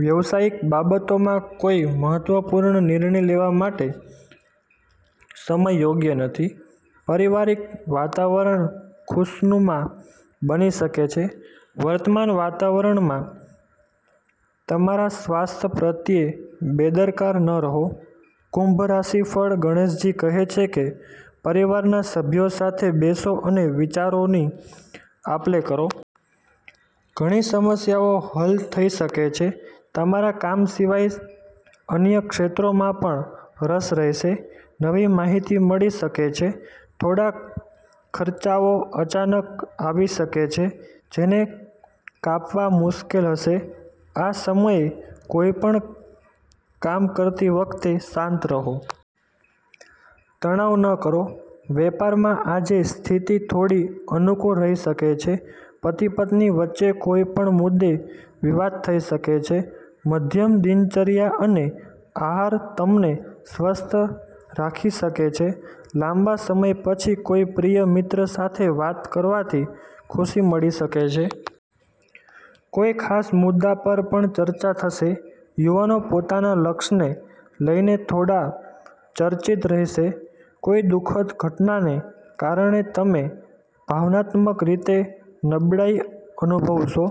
વ્યવસાયિક બાબતોમાં કોઈ મહત્વપૂર્ણ નિર્ણય લેવા માટે સમય યોગ્ય નથી. પારિવારિક વાતાવરણ ખુશનુમા બની શકે છે. વર્તમાન વાતાવરણમાં તમારા સ્વાસ્થ્ય પ્રત્યે બેદરકાર ન રહો. કુંભ રાશિફળ: ગણેશજી કહે છે કે પરિવારના સભ્યો સાથે બેસો અને વિચારોની આપ-લે કરો. ઘણી સમસ્યાઓ હલ થઈ શકે છે. તમારા કામ સિવાય અન્ય ક્ષેત્રોમાં પણ રસ રહેશે. નવી માહિતી મળી શકે છે. થોડા ખર્ચાઓ અચાનક આવી શકે છે, જેને કાપવા મુશ્કેલ હશે. આ સમયે, કોઈપણ કામ કરતી વખતે શાંત રહો. તણાવ ન કરો. વેપારમાં આજે સ્થિતિ થોડી અનુકૂળ રહી શકે છે. પતિ-પત્ની વચ્ચે કોઈ પણ મુદ્દે વિવાદ થઈ શકે છે. મધ્યમ દિનચર્યા અને આહાર તમને સ્વસ્થ રાખી શકે છે. લાંબા સમય પછી કોઈ પ્રિય મિત્ર સાથે વાત કરવાથી ખુશી મળી શકે છે. કોઈ ખાસ મુદ્દા પર પણ ચર્ચા થશે. યુવાનો પોતાના લક્ષ્યને લઈને થોડા ચિંતિત રહેશે. કોઈ દુઃખદ ઘટનાને કારણે તમે ભાવનાત્મક રીતે નબળાઈ અનુભવશો.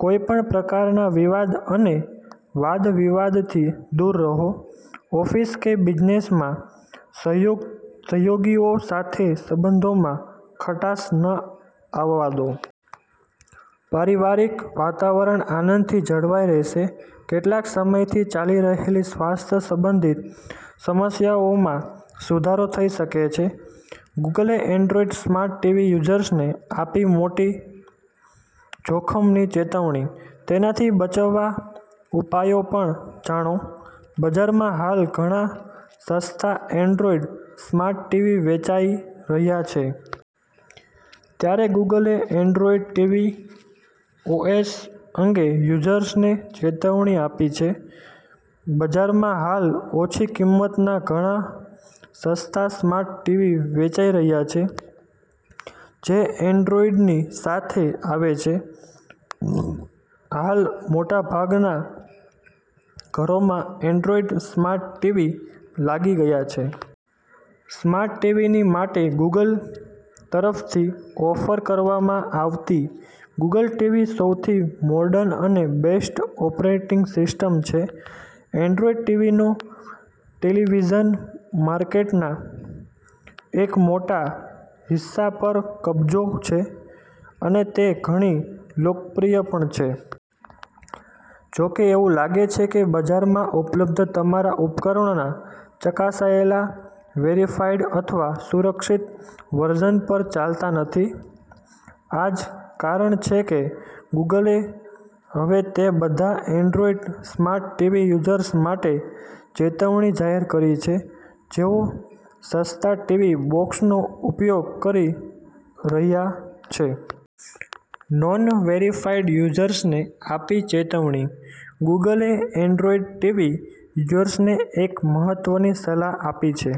કોઈપણ પ્રકારના વિવાદ અને વાદ-વિવાદથી દૂર રહો. ઓફિસ કે બિઝનેસમાં સહયોગીઓ સાથે સંબંધોમાં ખટાશ ન આવવા દો. પારિવારિક વાતાવરણ આનંદથી જળવાઈ રહેશે. કેટલાક સમયથી ચાલી રહેલી સ્વાસ્થ્ય સંબંધિત સમસ્યાઓમાં સુધારો થઈ શકે છે. ગૂગલે એન્ડ્રોઇડ સ્માર્ટ ટીવી યુઝર્સને આપી મોટા જોખમની ચેતવણી, તેનાથી બચવાના ઉપાયો પણ જાણો: બજારમાં હાલ ઘણા સસ્તા એન્ડ્રોઇડ સ્માર્ટ ટીવી વેચાઇ રહ્યા છે. ત્યારે ગૂગલે એન્ડ્રોઇડ ટીવી ઓએસ અંગે યુઝર્સને ચેતવણી આપી છે. બજારમાં હાલ ઓછી કિંમતના ઘણા સસ્તા સ્માર્ટ ટીવી વેચાઇ રહ્યા છે જે એન્ડ્રોઇડની સાથે આવે છે. હાલ મોટાભાગના ઘરોમાં એન્ડ્રોઇડ સ્માર્ટ ટીવી લાગી ગયા છે. સ્માર્ટ ટીવીની માટે ગૂગલ તરફથી ઓફર કરવામાં આવતી ગુગલ ટીવી સૌથી મોર્ડન અને બેસ્ટ ઓપરેટિંગ સિસ્ટમ છે. એન્ડ્રોઇડ ટીવીનો ટેલીવીઝન માર્કેટના એક મોટા હિસ્સા પર કબજો છે અને તે ઘણી લોકપ્રિય પણ છે. જો કે એવું લાગે છે કે બજારમાં ઉપલબ્ધ તમામ ઉપકરણોના ચકાસાયેલા વેરિફાઇડ અથવા સુરક્ષિત વર્ઝન પર ચાલતા નથી. આ જ કારણ છે કે ગૂગલે હવે તે બધા એન્ડ્રોઇડ સ્માર્ટ ટીવી યુઝર્સ માટે ચેતવણી જાહેર કરી છે જેઓ સસ્તા ટીવી બોક્સનો ઉપયોગ કરી રહ્યા છે. નોન – વેરિફાઇડ યુઝર્સને આપી ચેતવણી ગૂગલે એન્ડ્રોઇડ ટીવી યુઝર્સને એક મહત્વની સલાહ આપી છે.